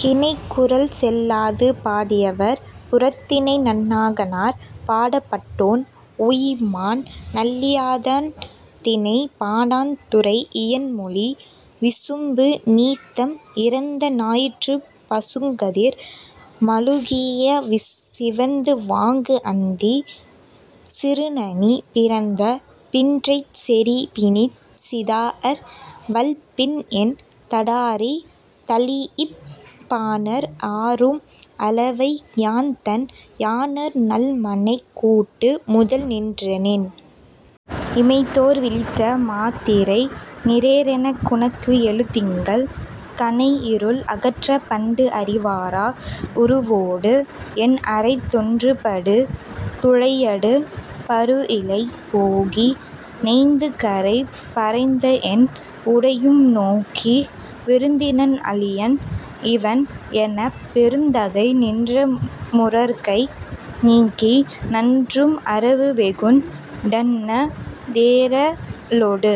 கிணைக்குரல் செல்லாது! பாடியவர்: புறத்திணை நன்னாகனார். பாடப்பட்டோன்: ஓய்மான் நல்லியாதன். திணை:பாடாண். துறை: இயன்மொழி. விசும்பு நீத்தம் இறந்த ஞாயிற்றுப் பசுங்கதிர் மழுகிய சிவந்துவாங்கு அந்தி சிறுநனி பிறந்த பின்றைச், செறிபிணிச் சிதாஅர் வள்பின்என் தடாரி தழீஇப், பாணர் ஆரும் அளவை, யான்தன் யாணர் நல்மனைக் கூட்டு முதல் நின்றனென்! இமைத்தோர் விழித்த மாத்திரை, ஞெரேரெனக், குணக்கு எழு திங்கள் கனைஇருள் அகற்றப், பண்டுஅறி வாரா உருவோடு, என் அரைத் தொன்றுபடு துளையடு பருஇழை போகி, நைந்துகரை பறைந்தஎன் உடையும் நோக்கி, 'விருந்தினன் அளியன், இவன்' எனப், பெருந்தகை நின்ற முரற்கை நீக்கி, நன்றும் அரவுவெகுண் டன்ன தேறலொடு.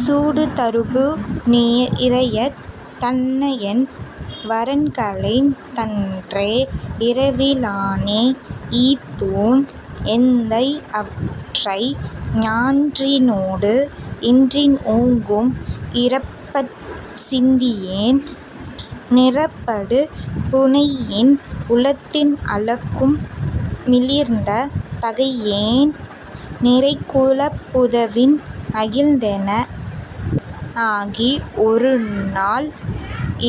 சூடுதருபு, நிரயத் தன்னஎன் வறன்களைந் தன்றே, இரவி னானே, ஈத்தோன் எந்தை; அற்றை ஞான்றினோடு இன்றின் ஊங்கும், இரப்பச் சிந்தியேன், நிரப்படு புணையின்; உளத்தின் அளக்கும் மிளிர்ந்த தகையேன்; நிறைக்குளப் புதவின் மகிழ்ந்தனெ னாகி, ஒருநாள்,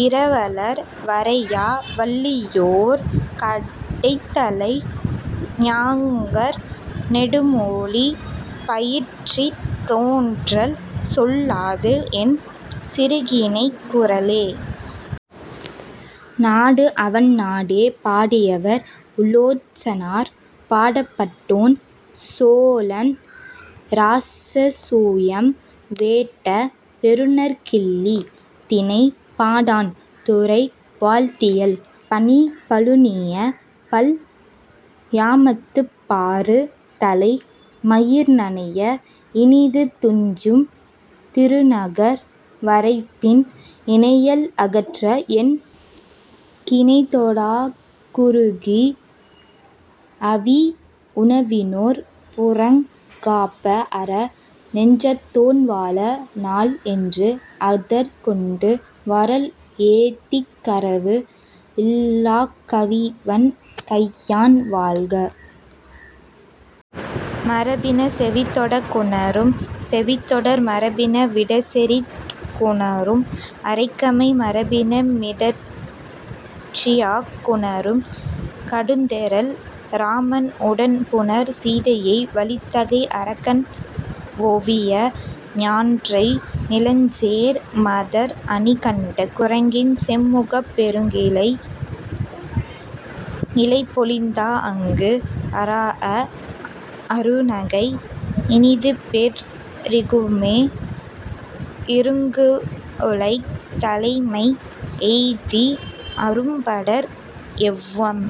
இரவலர் வரையா வள்ளியோர் கடைத்தலை, ஞாங்கர் நெடுமொழி பயிற்றித், தோன்றல் செல்லாது, என் சிறுகிணைக் குரலே.. நாடு அவன் நாடே! பாடியவர்: உலோச்சனார். பாடப்பட்டோன்: சோழன் இராசசூயம் வேட்ட பெருநற் கிள்ளி. திணை: பாடாண். துறை: வாழ்த்தியல். பனி பழுநிய பல் யாமத்துப் பாறு தலை மயிர் நனைய, இனிது துஞ்சும் திருநகர் வரைப்பின், இனையல் அகற்ற என் கிணைதொடாக் குறுகி, 'அவி உணவினோர் புறங் காப்ப, அற, நெஞ்சத்தோன் வாழ, நாள்' என்று, அதற் கொண்டு வரல் ஏத்திக் கரவு "இல்லாக் கவிவண் கையான், வாழ்க! மரபின செவித்தொடக் குநரும், செவித்தொடர் மரபின விரற்செறிக் குநரும், அரைக்கமை மரபின மிடற்றியாக் குநரும், கடுந்தெறல் இராமன் உடன்புணர் சீதையை வலித்தகை அரக்கன் வெளவிய ஞான்றை, நிலஞ்சேர் மதர் அணி கண்ட குரங்கின் செம்முகப் பெருங்கிளை இழைப்பொலிந் தா அங்கு, அறாஅ அருநகை இனிதுபெற் றிகுமே, இருங்குளைத் தலைமை எய்தி, அரும்படர் எவ்வம்